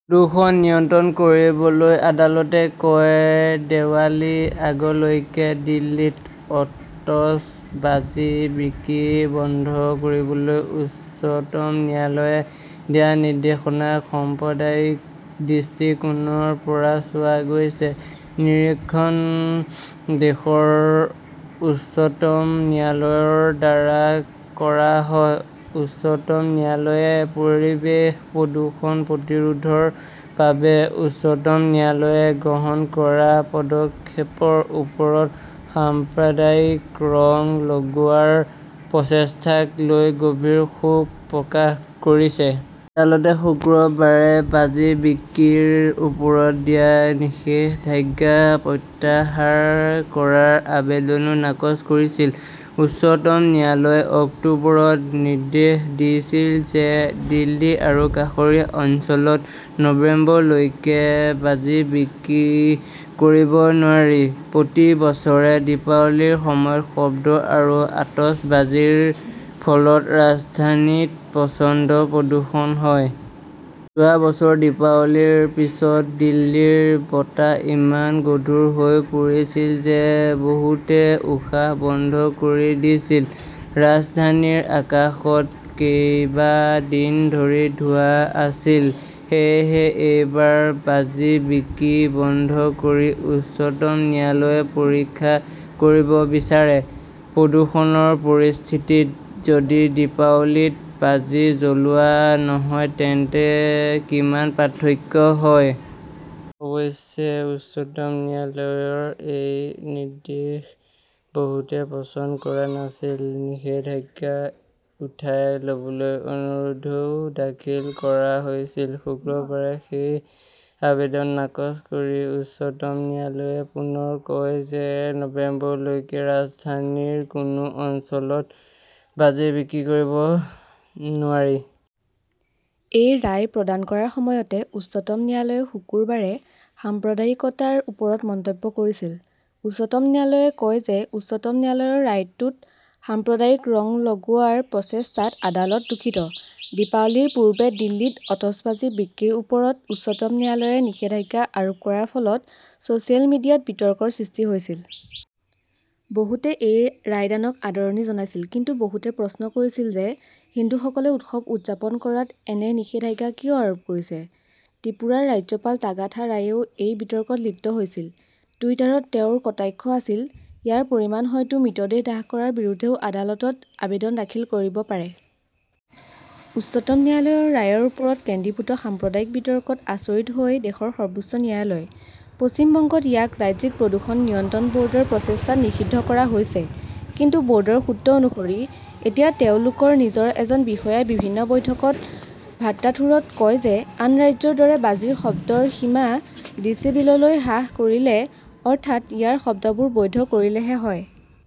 প্ৰদূষণ নিয়ন্ত্ৰণ কৰিবলৈ আদালতে কয়, দিৱালী আগলৈকে দিল্লীত অতচ বাজি বিক্ৰী বন্ধ কৰিবলৈ উচ্চতম ন্যায়ালয়ে দিয়া নিৰ্দেশক সাম্প্ৰদায়িক দৃষ্টিকোণৰ পৰা চোৱা হৈছে। নিৰীক্ষণ দেশৰ উচ্চতম ন্যায়ালয়ৰ দ্বাৰা কৰা হয়। উচ্চতম ন্যায়ালয়ে পৰিৱেশ প্ৰদূষণ প্ৰতিৰোধৰ বাবে উচ্চতম ন্যায়ালয়ে গ্ৰহণ কৰা পদক্ষেপৰ ওপৰত সাম্প্ৰদায়িক ৰং লগোৱাৰ প্ৰচেষ্টাক লৈ গভীৰ শোক প্ৰকাশ কৰিছে। আদালতে শুকুৰবাৰে বাজি বিক্ৰীৰ ওপৰত দিয়া নিষেধাজ্ঞা প্ৰত্যাহাৰ কৰাৰ আবেদনও নাকচ কৰিছিল। উচ্চতম ন্যায়ালয়ে অক্টোবৰত নিৰ্দেশ দিছিল যে, দিল্লী আৰু কাষৰীয়া অঞ্চলত নৱেম্বৰলৈকে বাজি বিক্ৰী কৰিব নোৱাৰি প্ৰতি বছৰে দীপাৱলীৰ সময়ত শব্দ আৰু আতচবাজীৰ ফলত ৰাজধানীত প্ৰচণ্ড প্ৰদূষণ হয়। যোৱা বছৰ দীপাৱলীৰ পিছত দিল্লীৰ বতাহ ইমান গধুৰ হৈ পৰিছিল যে বহুতে উশাহ বন্ধ কৰি দিছিল। ৰাজধানীৰ আকাশত কেইবা দিন ধৰি ধোঁৱা আছিল। সেয়েহে এইবাৰ বাজি বিক্ৰী বন্ধ কৰি উচ্চতম ন্যায়ালয়ে পৰীক্ষা কৰিব বিচাৰে, প্ৰদূষণৰ পৰিস্থিতিত যদি দীপাৱলীত বাজি জ্বলোৱা নহয় তেন্তে কিমান পাৰ্থক্য হয়। অৱশ্যে, উচ্চতম ন্যায়ালয়ৰ এই নিৰ্দেশ বহুতে পচন্দ কৰা নাছিল। নিষেধাজ্ঞা উঠাই ল'বলৈ অনুৰোধও দাখিল কৰা হৈছিল। শুকুৰবাৰে সেই আবেদন নাকচ কৰি উচ্চতম ন্যায়ালয়ে পুনৰ কয় যে নৱেম্বৰলৈকে ৰাজধানীৰ কোনো অঞ্চলত বাজি বিক্ৰী কৰিব নোৱাৰি। এই ৰায় প্ৰদান কৰাৰ সময়তে উচ্চতম ন্যায়ালয়ে শুকুৰবাৰে সাম্প্ৰদায়িকতাৰ ওপৰত মন্তব্য কৰিছিল। উচ্চতম ন্যায়ালয়ে কয় যে, উচ্চতম ন্যায়ালয়ৰ ৰায়টোত সাম্প্ৰদায়িক ৰং লগোৱাৰ প্ৰচেষ্টাত আদালত দুখিত। দীপাৱলীৰ পূৰ্বে দিল্লীত অতচ বাজি বিক্ৰীৰ ওপৰত উচ্চতম ন্যায়ালয়ে নিষেধাজ্ঞা আৰোপ কৰাৰ ফলত ছ 'চিয়েল মিডিয়াত বিতৰ্কৰ সৃষ্টি হৈছিল। বহুতে এই ৰায়দানক আদৰণি জনাইছিল। কিন্তু বহুতে প্ৰশ্ন কৰিছিল যে হিন্দুসকলে উৎসৱ উদযাপন কৰাত এনে নিষেধাজ্ঞা কিয় আৰোপ কৰিছে? ত্ৰিপুৰাৰ ৰাজ্যপাল তাগাথা ৰায়েও এই বিতৰ্কত লিপ্ত হৈছিল। টুইটাৰত তেওঁৰ কটাক্ষ আছিল-ইয়াৰ পৰিমাণ হয়তো মৃতদেহ দাহ কৰাৰ বিৰুদ্ধেও আদালতত আবেদন দাখিল কৰিব পাৰে। উচ্চতম ন্যায়ালয়ৰ ৰায়ৰ ওপৰত কেন্দ্ৰীভূত সাম্প্ৰদায়িক বিতৰ্কত আচৰিত হৈ দেশৰ সৰ্বোচ্চ ন্যায়ালয়। পশ্চিম বংগত ইয়াক ৰাজ্যিক প্ৰদূষণ নিয়ন্ত্ৰণ ব'ৰ্ডৰ প্ৰচেষ্টাত নিষিদ্ধ কৰা হৈছে। কিন্তু ব ৰ্ডৰ সূত্ৰ অনুসৰি, এতিয়া তেওঁলোকৰ নিজৰ এজন বিষয়াই বিভিন্ন বৈঠকত ভাট্টাথোৰত কয় যে আন ৰাজ্যৰ দৰে বাজিৰ শব্দৰ সীমা ডেছিবেললৈ হ্ৰাস কৰিলে, অৰ্থাৎ ইয়াত শব্দবোৰ বৈধ কৰিলেহে হয়।